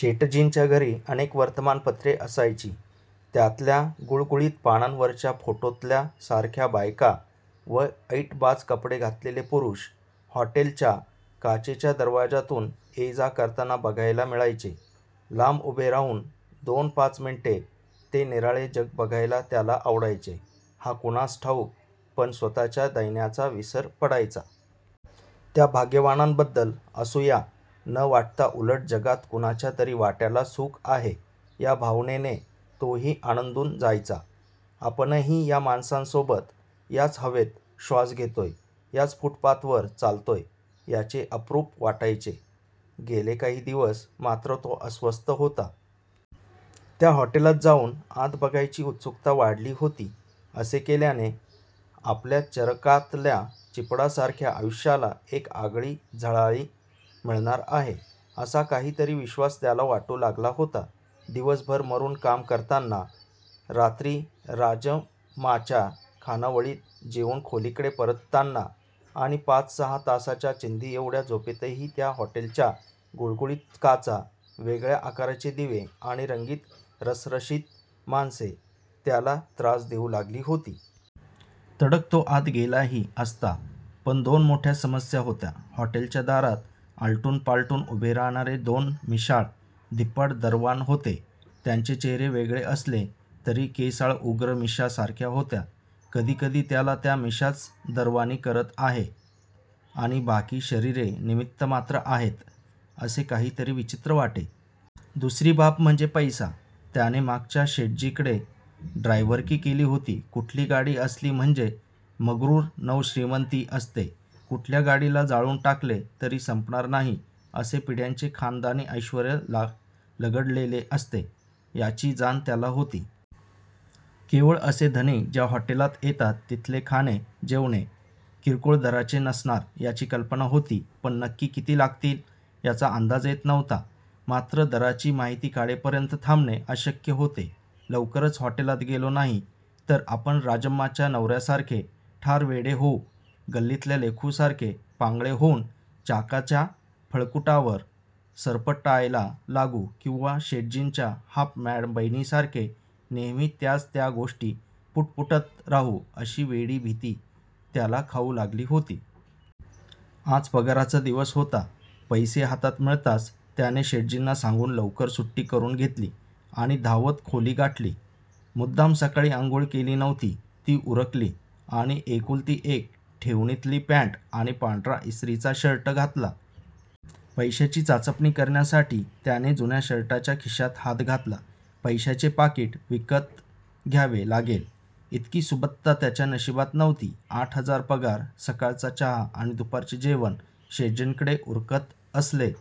शेटजींच्या घरी अनेक वर्तमानपत्रे असायची त्यातल्या गुळगुळीत पानांवरच्या फोटोतल्यासारख्या बायका व ऐटबाज कपडे घातलेले पुरुष हॉटेलच्या काचेच्या दरवाजातून ये जा करताना बघायला मिळायचे. लांब उभे राहून दोनपाच मिनिटे ते निराळे जग बघायला त्याला आवडायचे, का कुणास ठाऊक पण स्वतःच्या दैन्याचा विसर पडायचा. त्या भाग्यवानांबद्दल असूया न वाटता उलट जगात कुणाच्या तरी वाट्याला सुख आहे या भावनेने तोही आनंदून जायचा. आपणही या माणसांसोबत याच हवेत श्वास घेतोय, याच फूटपाथवर चालतोय याचे अप्रूप वाटायचे. गेले काही दिवस मात्र तो अस्वस्थ होता. त्या हॉटेलात जाऊन आत बघायची उत्सुकता वाढली होती. असे केल्याने आपल्या चरकातल्या चिपाडासारख्या आयुष्याला एक आगळी झळाळी मिळणार आहे, असा काहीतरी विश्वास त्याला वाटू लागला होता. दिवसभर मरून काम करताना, रात्री राजम्माच्या खानावळीत जेवून खोलीकडे परतताना आणि पाच सहा तासाच्या चिंधीएवढ्या झोपेतही त्या हॉटेलच्या गुळगुळीत काचा, वेगळ्या आकाराचे दिवे आणि रंगीत रसरशीत माणसे त्याला त्रास देऊ लागली होती. तडक तो आत गेलाही असता पण दोन मोठ्या समस्या होत्या. हॉटेलच्या दारात आलटून पालटून उभे राहणारे दोन मिशाळ, धिप्पाड दरवान होते. त्यांचे चेहरे वेगळे असले तरी केसाळ उग्र मिशा सारख्या होत्या. कधीकधी त्याला त्या मिशाच दरवानी करत आहेत आणि बाकी शरीरे निमित्तमात्र आहेत असे काहीतरी विचित्र वाटे. दुसरी बाब म्हणजे पैसा. त्याने मागच्या शेटजीकडे ड्रायव्हरकी केली होती. कुठली गाडी असली म्हणजे मग्रूर नवश्रीमंती असते, कुठल्या गाडीला जाळून टाकले तरी संपणार नाही असे पिढ्यांचे खानदानी ऐश्वर्य लगडलेले असते याची जाण त्याला होती. केवळ असे धनिक ज्या हॉटेलात येतात तिथले खाणे जेवणे किरकोळ दराचे नसणार याची कल्पना होती पण नक्की किती लागतील याचा अंदाज येत नव्हता. मात्र दराची माहीती काढेपर्यंत थांबणे अशक्य होते. लवकरच हॉटेलात गेलो नाही तर आपण राजम्माच्या नवऱ्यासारखे ठार वेडे होऊ, गल्लीतल्या लेखूसारखे पांगळे होऊन चाकाच्या फळकुटावर सरपटायला लागू किंवा शेटजींच्या हाफ मॅड बहिणीसारखे नेहमी त्याच त्या गोष्टी पुटपुटत राहू अशी वेडी भीती त्याला खाऊ लागली होती. आज पगाराचा दिवस होता. पैसे हातात मिळताच त्याने शेटजींना सांगून लवकर सुट्टी करून घेतली आणि धावत खोली गाठली. मुद्दाम सकाळी आंघोळ केली नव्हती, ती उरकली आणि एकुलती एक ठेवणीतली पँट आणि पांढरा इस्त्रीचा शर्ट घातला. पैशाची चाचपणी करण्यासाठी त्याने जुन्या शर्टच्या खिशात हात घातला. पैशाचे पाकीट विकत घ्यावे लागेल इतकी सुबत्ता त्याच्या नशिबात नव्हती. आठ हजार पगार. सकाळचा चहा आणि दुपारचे जेवण शेटजींकडे उरकत असले